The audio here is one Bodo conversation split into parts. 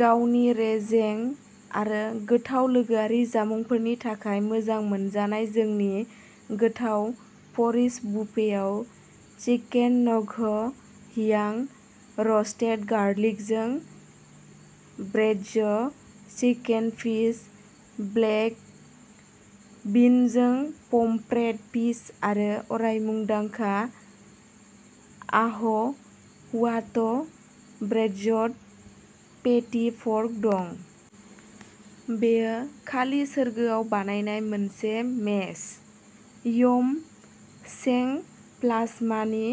गावनि रेजें आरो गोथाव लोगोआरि जामुंफोरनि थाखाय मोजां मोनजानाय जोंनि गोथाव परिज बुफेआव चिकेन नगह हियां र'स्टेद गार्लिकजों ब्रेइज्ड चिकेन फीट ब्लेक बिनजों पमफ्रेट फिस आरो अराय मुंदांखा आह हुआत ब्रेइज्ड फेटि पर्क दं। बेयो खालि सोरगोआव बानायनाय मोनसे मेच! यम सें प्लास्मानि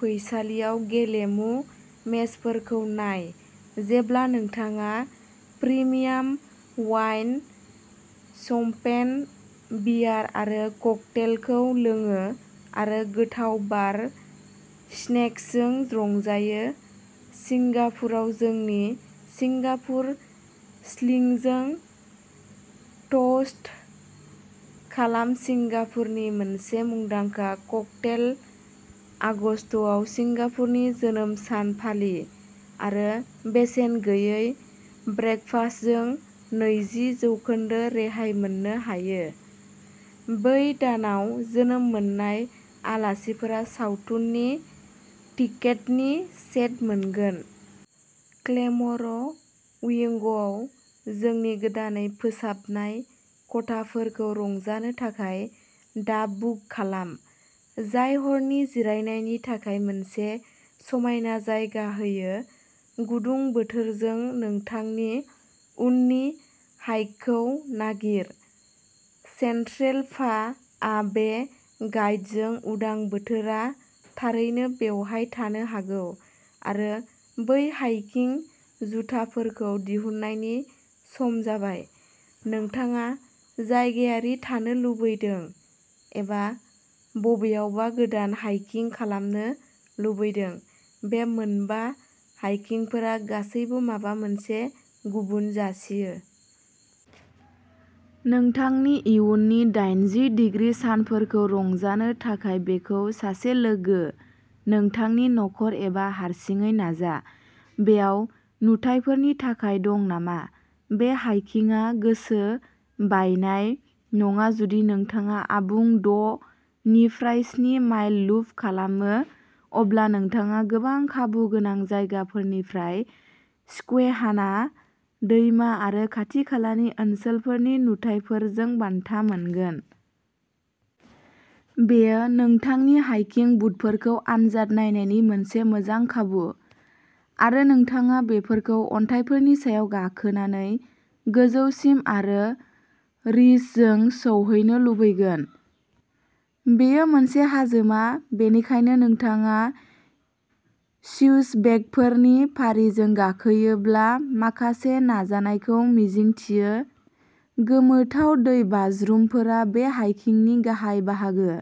फैसालियाव गेलेमु मेचफोरखौ नाय जेब्ला नोंथाङा प्रिमियाम वाइन शैम्पेन बियार आरो ककटेलखौ लोङो आरो गोथाव बार स्नेक्सखौ रंजायो। सिंगापुराव जोंनि सिंगापुर स्लिंजों टोस्ट खालाम सिंगापुरनि मोनसे मुंदांखा क्कटेल आगस्तआव सिंगापुरनि जोनोम सान फालि आरो बेसेन गैयै ब्रेकफास्टजों नैजि जौखोन्दो रेहाय मोननो हायो बै दानाव जोनोम मोननाय आलासिफोरा सावथुननि टिकेटनि सेट मोनगोन। क्लेम'र उइंगआव जोंनि गोदानै फोसाबनाय खथाफोरखौ रंजानो थाखाय दा बुक खालाम जाय हरनि जिरायनायनि थाखाय मोनसे समायना जायगा होयो गुदुं बोथोरजों नोंथांनि उननि हाइकखौ नागिर! सेन्ट्रेल पा आ बे गाइडजों उदां बोथोरा थारैनो बेवहाय थानो हागौ आरो बै हाइकिं जुथाफोरखौ दिहुननायनि सम जाबाय नोंथाङा जायगायारि थानो लुबैदों एबा बबेयावबा गोदान हाइकिं खालामनो लुबैदों बे मोनबा हाइकिंफोरा गासैबो माबा मोनसे गुबुन जासियो। नोंथांनि इयुननि दाइनजि दिग्रि सानफोरखौ रंजानो थाखाय बेखौ सासे लोगो नोंथांनि नखर एबा हारसिङै नाजा बेयाव नुथायफोरनि थाखाय दं नामा बे हाइकिंआ गोसो बायनाय नङा जुदि नोंथाङा आबुं द' निफ्राय स्नि माइल लुप खालामो अब्ला नोंथाङा गोबां खाबु गोनां जायगाफोरनिफ्राय सुस्क्वेहाना दैमा आरो खाथि खालानि ओनसोलफोरनि नुथायफोरजों बान्था मोनगोन। बेयो नोंथांनि हाइकिं बुटफोरखौ आनजाद नायनायनि मोनसे मोजां खाबु आरो नोंथाङा बेफोरखौ अन्थाइफोरनि सायाव गाखोनानै गोजौसिम आरो रिजजों सौहैनो लुबैगोन। बेयो मोनसे हाजोमा बेनिखायनो नोंथाङा स्विचबेकफोरनि फारिजों गाखोयोब्ला माखासे नाजानायखौ मिजिंथियो गोमोथाव दैबाज्रुमफोरा बे हाइकिंनि गाहाय बाहागो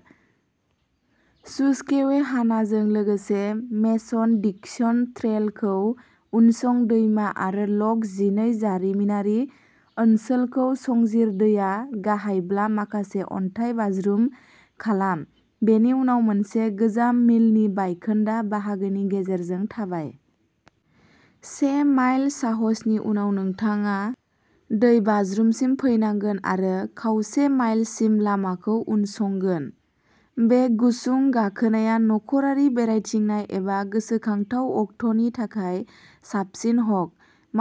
सुस्क्वेहानाजों लोगोसे मेसन डिक्सन ट्रेलखौ उनसं दैमा आरो लक जिनै जारिमिनारि ओनसोलखौ संजिर दैया गाहायब्ला माखासे अन्थाइ बाज्रुम खालाम बेनि उनाव मोनसे गोजाम मिलनि बायखोन्दा बाहागोनि गेजेरजों थाबाय। से माइल साहसनि उनाव नोंथाङा दैबाज्रुमसिम फैनांगोन आरो खावसे माइलसिम लामाखौ उनसंगोन। बे गुसुं गाखोनाया नखरारि बेरायथिंनाय एबा गोसोखांथाव अक्ट'नि थाखाय साबसिन हक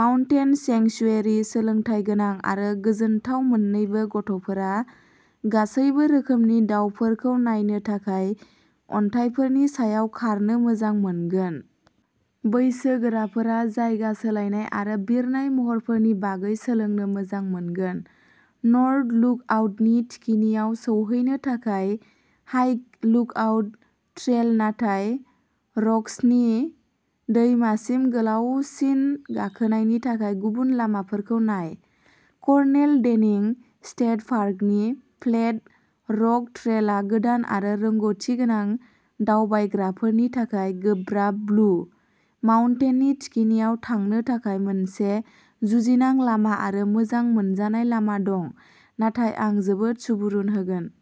माउन्टेन सेंक्सुयेरि सोलोंथायगोनां आरो गोजोनथाव मोननैबो गथ'फोरा गासैबो रोखोमनि दावफोरखौ नायनो थाखाय अन्थाइफोरनि सायाव खारनो मोजां मोनगोन। बैसोगोराफोरा जायगा सोलायनाय आरो बिरनाय महरफोरनि बागै सोलोंनो मोजां मोनगोन नर्थ लुकआउटनि थिखिनियाव सौहैनो थाखाय हाइक लुकआउट ट्रेल नाथाय रक्सनि दैमासिम गोलावसिन गाखोनायनि थाखाय गुबुन लामाफोरखौ नाय। कर्नेल डेनिं स्टेट पार्कनि फ्लेट रक ट्रेलआ गोदान आरो रोंग'थि गोनां दावबायग्राफोरनि थाखाय गोब्राब ब्लु माउन्टेननि थिखिनियाव थांनो थाखाय मोनसे जुजिनां लामा आरो मोजां मोनजानाय लामा दं नाथाय आं जोबोद सुबुरुन होगोन।